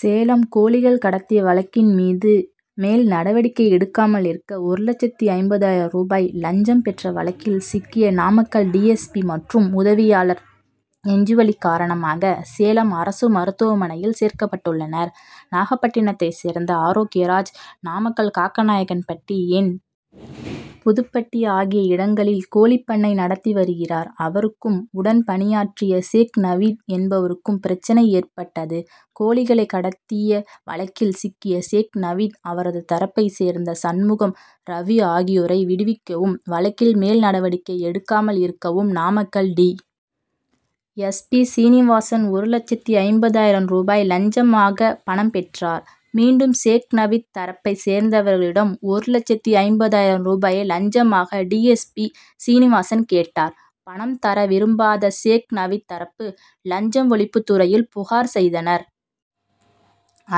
சேலம் கோழிகள் கடத்திய வழக்கின் மீது மேல் நடவடிக்கை எடுக்காமல் இருக்க, ஒரு லட்சத்து ஐம்பதாயிரம் ரூபாய் லஞ்சம் பெற்ற வழக்கில் சிக்கிய நாமக்கல் டி. எஸ். பி., மற்றும் உதவியாளர், நெஞ்சுவலி காரணமாக சேலம் அரசு மருத்துவமனையில் சேர்க்கப்பட்டுள்ளனர். நாகப்பட்டினத்தை சேர்ந்த ஆரோக்கியராஜ். நாமக்கல் காக்கநாயக்கன்பட்டி, என். புதுப்பட்டி ஆகிய இடங்களில் கோழிப்பண்ணை நடத்தி வருகிறார். அவருக்கும், உடன் பணியாற்றிய ஷேக் நவீத் என்பவருக்கும் பிரச்னை ஏற்பட்டது. கோழிகளை கடத்திய வழக்கில் சிக்கிய ஷேக் நவீத், அவரது தரப்பை சேர்ந்த சண்முகம், ரவி ஆகியோரை விடுவிக்கவும், வழக்கில் மேல்நடவடிக்கை எடுக்காமல் இருக்கவும், Namakkal D. S. P., Srinivasan, ஒரு லட்சத்து ஐம்பதாயிரம் ரூபாய் லஞ்சமாக பணம் பெற்றார். மீண்டும் ஷேக் நவீத் தரப்பை சேர்ந்தவர்களிடம் ஒரு லட்சத்து ஐம்பதாயிரம் ரூபாயை லஞ்சமாக டி. எஸ். பி., சீனிவாசன் கேட்டார். பணம் தர விரும்பாத ஷேக் நவீத் தரப்பு, லஞ்ச ஒழிப்பு துறையில் புகார் செய்தனர்.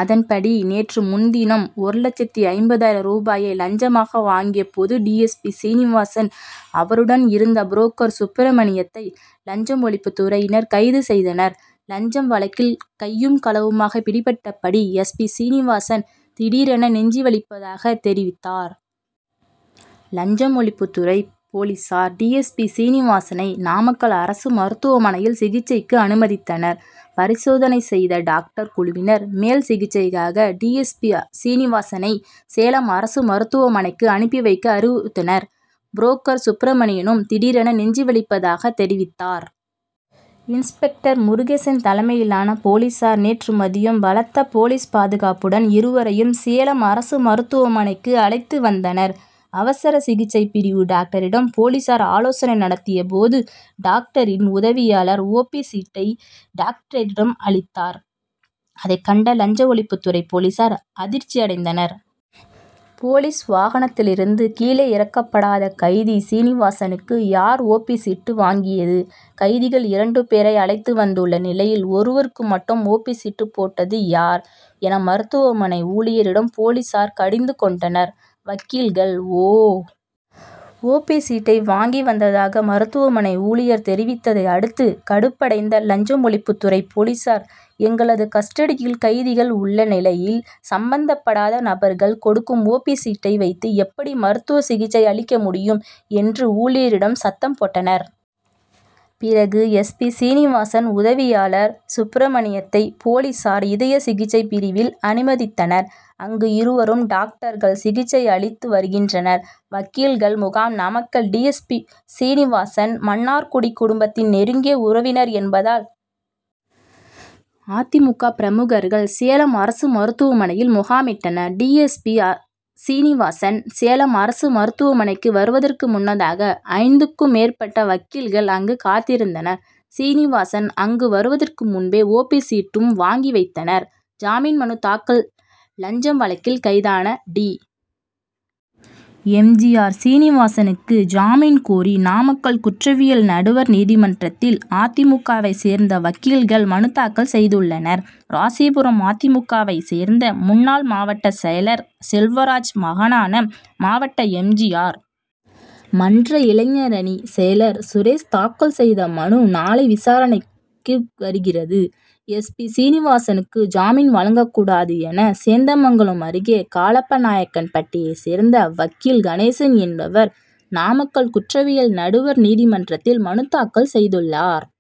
அதன்படி நேற்று முன்தினம், ஒரு லட்சத்து ஐம்பதாயிரம் ரூபாயை லஞ்சமாக வாங்கிய போது டி. எஸ். பி., சீனிவாசன், அவருடன் இருந்த புரோக்கர் சுப்பிரமணியத்தை, லஞ்ச ஒழிப்புத் துறையினர் கைது செய்தனர். லஞ்ச வழக்கில் கையும் களவுமாக பிடிபட்ட டி. எஸ். பி., சீனிவாசன், திடீரென நெஞ்சு வலிப்பதாக தெரிவித்தார். லஞ்ச ஒழிப்பு துறை போலீசார், டி. எஸ். பி., சீனிவாசனை நாமக்கல் அரசு மருத்துவமனையில் சிகிச்சைக்கு அனுமதித்தனர். பரிசோதனை செய்த டாக்டர் குழுவினர், மேல் சிகிச்சைக்காக டி. எஸ். பி., சீனிவாசனை சேலம் அரசு மருத்துவமனைக்கு அனுப்பி வைக்க அறிவுறுத்தினர். புரோக்கர் சுப்ரமணியனும் திடீரென நெஞ்சு வலிப்பதாக தெரிவித்தார். இன்ஸ்பெக்டர் முருகேசன் தலைமையிலான போலீசார் நேற்று மதியம் பலத்த போலீஸ் பாதுகாப்புடன் இருவரையும் சேலம் அரசு மருத்துவமனைக்கு அழைத்து வந்தனர். அவசர சிகிச்சை பிரிவு டாக்டரிடம் போலீசார் ஆலோசனை நடத்திய போது, டாக்டரின் உதவியாளர், ஓ. பி., சீட்டை டாக்டரிடம் அளித்தார். அதை கண்ட லஞ்ச ஒழிப்பு துறை போலீசார் அதிர்ச்சி அடைந்தனர். போலீஸ் வாகனத்தில் இருந்து கீழே இறக்கப்படாத கைதி சீனிவாசனுக்கு, யார் ஓ. பி., சீட்டு வாங்கியது, கைதிகள் இரண்டு பேரை அழைத்து வந்துள்ள நிலையில், ஒருவருக்கு மட்டும் ஓ. பி., சீட்டு போட்டது யார், என மருத்துவமனை ஊழியரிடம் போலீசார் கடிந்து கொண்டனர். வக்கீல்கள், ஓ. பி., சீட்டை வாங்கி வந்ததாக மருத்துவமனை ஊழியர் தெரிவித்தை அடுத்து, கடுப்படைந்த லஞ்ச ஒழிப்பு துறை போலீசார், எங்களது கஸ்டடியில் கைதிகள் உள்ள நிலையில், சம்பந்தப்படாத நபர்கள் கொடுக்கும், ஓ. பி., சீட்டை வைத்து எப்படி மருத்துவ சிகிச்சை அளிக்க முடியும்? என்று ஊழியரிடம் சத்தம் போட்டனர். பிறகு எஸ். பி., சீனிவாசன், உதவியாளர் சுப்ரமணியத்தை, போலீசார், இதய சிகிச்சை பிரிவில் அனுமதித்தனர். அங்கு இருவருக்கும் டாக்டர்கள் சிகிச்சை அளித்து வருகின்றனர். வக்கீல்கள் முகாம் Namakkal D. S. P., Srinivasan, Mannargudi குடும்பத்தின்' நெருங்கிய உறவினர் என்பதால், அ. தி. மு. க., பிரமுகர்கள், சேலம் அரசு மருத்துவமனையில் முகாமிட்டனர். D. S. P., Srinivasan, Salem அரசு மருத்துவமனைக்கு வருவதற்கு முன்னதாக, ஐந்துக்கும் மேற்பட்ட வக்கீல்கள் அங்கு காத்திருந்தனர். சீனிவாசன் அங்கு வருவதற்கு முன்பே, ஓ. பி., சீட்டும் வாங்கி வைத்தனர். ஜாமீன் மனு தாக்கல் லஞ்ச வழக்கில் கைதான டி. எஸ். பி., சீனிவாசனுக்கு ஜாமீன் கோரி, நாமக்கல் குற்றவியல் நடுவர் நீதிமன்றத்தில் அ. தி. மு. க.,வைச் சேர்ந்த வக்கீல்கள் மனு தாக்கல் செய்துள்ளனர். ராசிபுரம் அ. தி. மு. க.,வைச் சேர்ந்த முன்னாள் மாவட்டச் செயலர் செல்வராஜ் மகனான மாவட்ட எம். ஜி. ஆர்., மன்ற இளைஞரணி செயலர் சுரேஷ் தாக்கல் செய்த மனு, நாளை விசாரணைக்கு வருகிறது. டி. எஸ். பி., சீனிவாசனுக்கு ஜாமீன் வழங்கக்கூடாது' என, சேந்தமங்கலம் அருகே காளப்பநாயக்கன்பட்டியை சேர்ந்த வக்கீல் கணேசன் என்பவர், நாமக்கல் குற்றவியல் நடுவர் நீதிமன்றத்தில் மனு தாக்கல் செய்துள்ளார்.